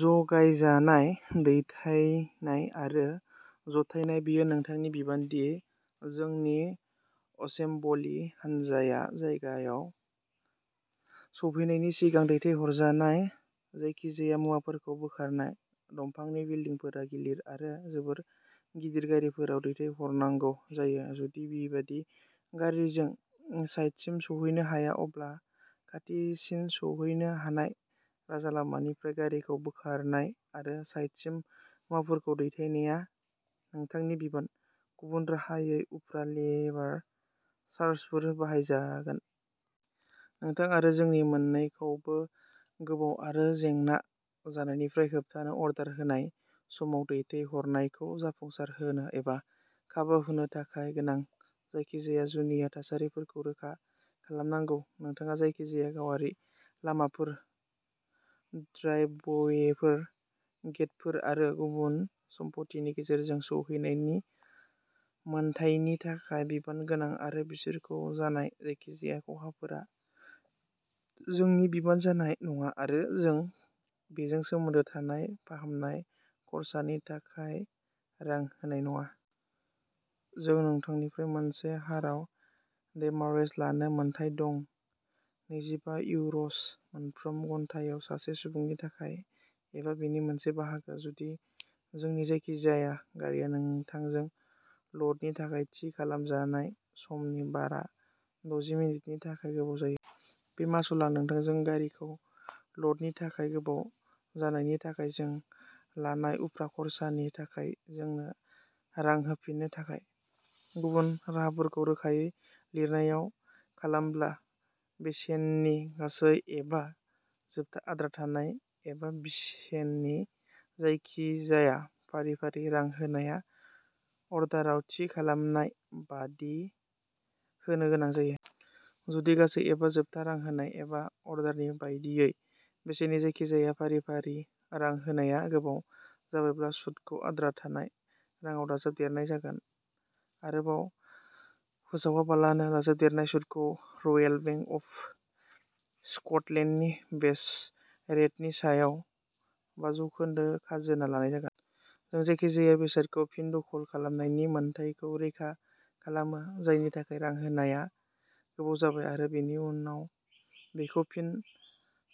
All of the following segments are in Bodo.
जगायजानाय दैथायनाय आरो जथायनाय बेयो नोंथांनि बिबान दि जोंनि असेम्बलि हान्जाया जायगायाव सफैनायनि सिगां दैथायहरजानाय जायखिजाया मुवाफोरखौ बोखारनाय। दंफांनि बिल्दिंफोरा गिलिर आरो जोबोद गिदिर गारिफोराव दैथायहरनांगौ जायो। जुदि बेबादि गारिजों साइटसिम सौहैनो हाया, अब्ला खाथिसिन सौहैनो हानाय राजालामानिफ्राय गारिखौ बोखारनाय आरो साइटसिम मुवाफोरखौ दैथायनाया नोंथांनि बिबान, गुबुन राहायै उफ्रा लेबार चार्जफोर बाहायजागोन। नोंथां आरो जोंनि मोननैखौबो गोबाव आरो जेंना जानायनिफ्राय होबथानो अर्डार होनाय समाव दैथायहरनायखौ जाफुंसारहोनो एबा खाबु होनो थाखाय गोनां जायखिजाया जुनिया थासारिफोरखौ रोखा खालामनांगौ। नोंथाङा जायखिजाया गावारि लामाफोर, ड्राइभवेफोर, गेटफोर आरो गुबुन सम्पथिनि गेजेरजों सौहैनायनि मोनथायनि थाखाय बिबान गोनां आरो बिसोरखौ जानाय जायखिजाया खहाफोरा जोंनि बिबान जानाय नङा आरो जों बेजों सोमोन्दो थानाय फाहामनाय खरसानि थाखाय रां होनाय नङा। जों नोंथांनिफ्राय मोनसे हाराव डेमारेज लानो मोन्थाइ दं। नैजिबा इउर’स मोनफ्रोम घन्टायाव सासे सुबुंनि थाखाय, एबा बेनि मोनसे बाहागो, जुदि जोंनि जायखिजाया गारिआ नोंथांजों लदनि थाखाय थि खालामजानाय समनि बारा दजि मिनिटनि थाखाय गोबाव जायो। बे मासुलआ नोंथांजों गारिखौ लदनि थाखाय गोबाव जानायनि थाखाय जों लानाय उफ्रा खरसानि थाखाय जोंनो रां होफिननो थाखाय। गुबुन राहाफोरखौ रोखायै लिरनायाव खालामब्ला, बेसेननि गासै एबा जोबथा आद्रा थानाय एबा बिसेननि जायखिजाया फारि-फारि रां होनाया अर्डाराव थि खालामनाय बादि होनो गोनां जायो। जुदि गासै एबा जोबथा रां होनाय एबा अर्डारनि बायदियै बेसेननि जायखिजाया फारि-फारि रां होनाया गोबाव जाबायब्ला, सुदखौ आद्रा थानाय राङाव दाजाबदेरनाय जागोन, आरोबाव फोसावालाबानो। दाजाबदेरनाय सुतखौ रयेल बेंक अफ स्कटलेन्डनि बेस रेटनि सायाव बा जौखोनदो खाजोना लानाय जागोन। जों जेखिजाया बेसादखौ फिन दखल खालामनायनि मोन्थाइखौ रैखा खालामो, जायनि थाखाय रां होनाया गोबाव जाबाय आरो बेनि उनाव बेखौ फिन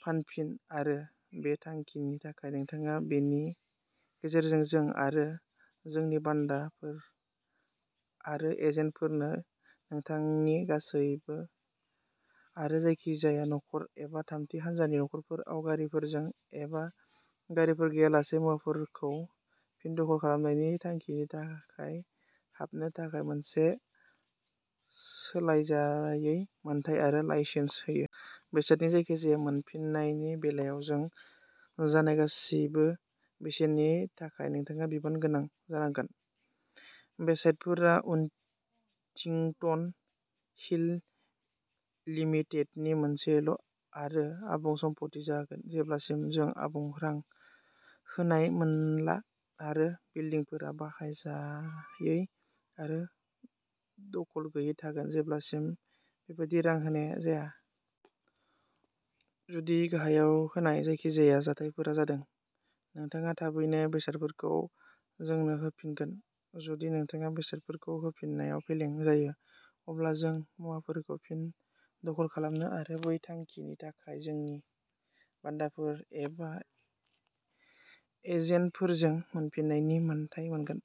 फानफिन आरो बे थांखिनि थाखाय नोंथाङा बेनि गेजेरजों जों आरो जोंनि बान्दाफोर आरो एजेन्टफोरनो नोंथांनि गासिबो आरो जायखिजाया न'खर एबा थामथि हान्जानि न'खरफोराव, गारिफोरजों एबा गारिफोर गैयालासे, मुवाफोरखौ फिन दखल खालामनायनि थांखिनि थाखाय हाबनो थाखाय मोनसे सोलायजायै मोन्थाइ आरो लाइसेन्स होयो। बेसादनि जायखिजाया मोनफिननायनि बेलायाव जों जानाय गासिबो बेसेननि थाखाय नोंथाङा बिबान गोनां जागोन। बेसादफोरा उइथिंटन हिल लिमिटेडनि मोनसेल'आरो आबुं सम्पथि जागोन जेब्लासिम जों आबुं रां होनाय मोनला आरो बिल्दिंफोरा बाहायजायै आरो दखल गैयै थागोन जेब्लासिम बेबादि रां होनाया जाया। जुदि गाहायाव होनाय जायखिजाया जाथायफोरा जादों। नोंथाङा थाबैनो बेसादफोरखौ जोंनो होफिनगोन। जुदि नोंथाङा बेसादफोरखौ होफिननायाव फेलें जायो, अब्ला जों मुवाफोरखौ फिन दखल खालामनो आरो बै थांखिनि थाखाय, जोंनि बान्दाफोर एबा एजेन्टफोरजों, मोनफिननायनि मोनथाय मोनगोन।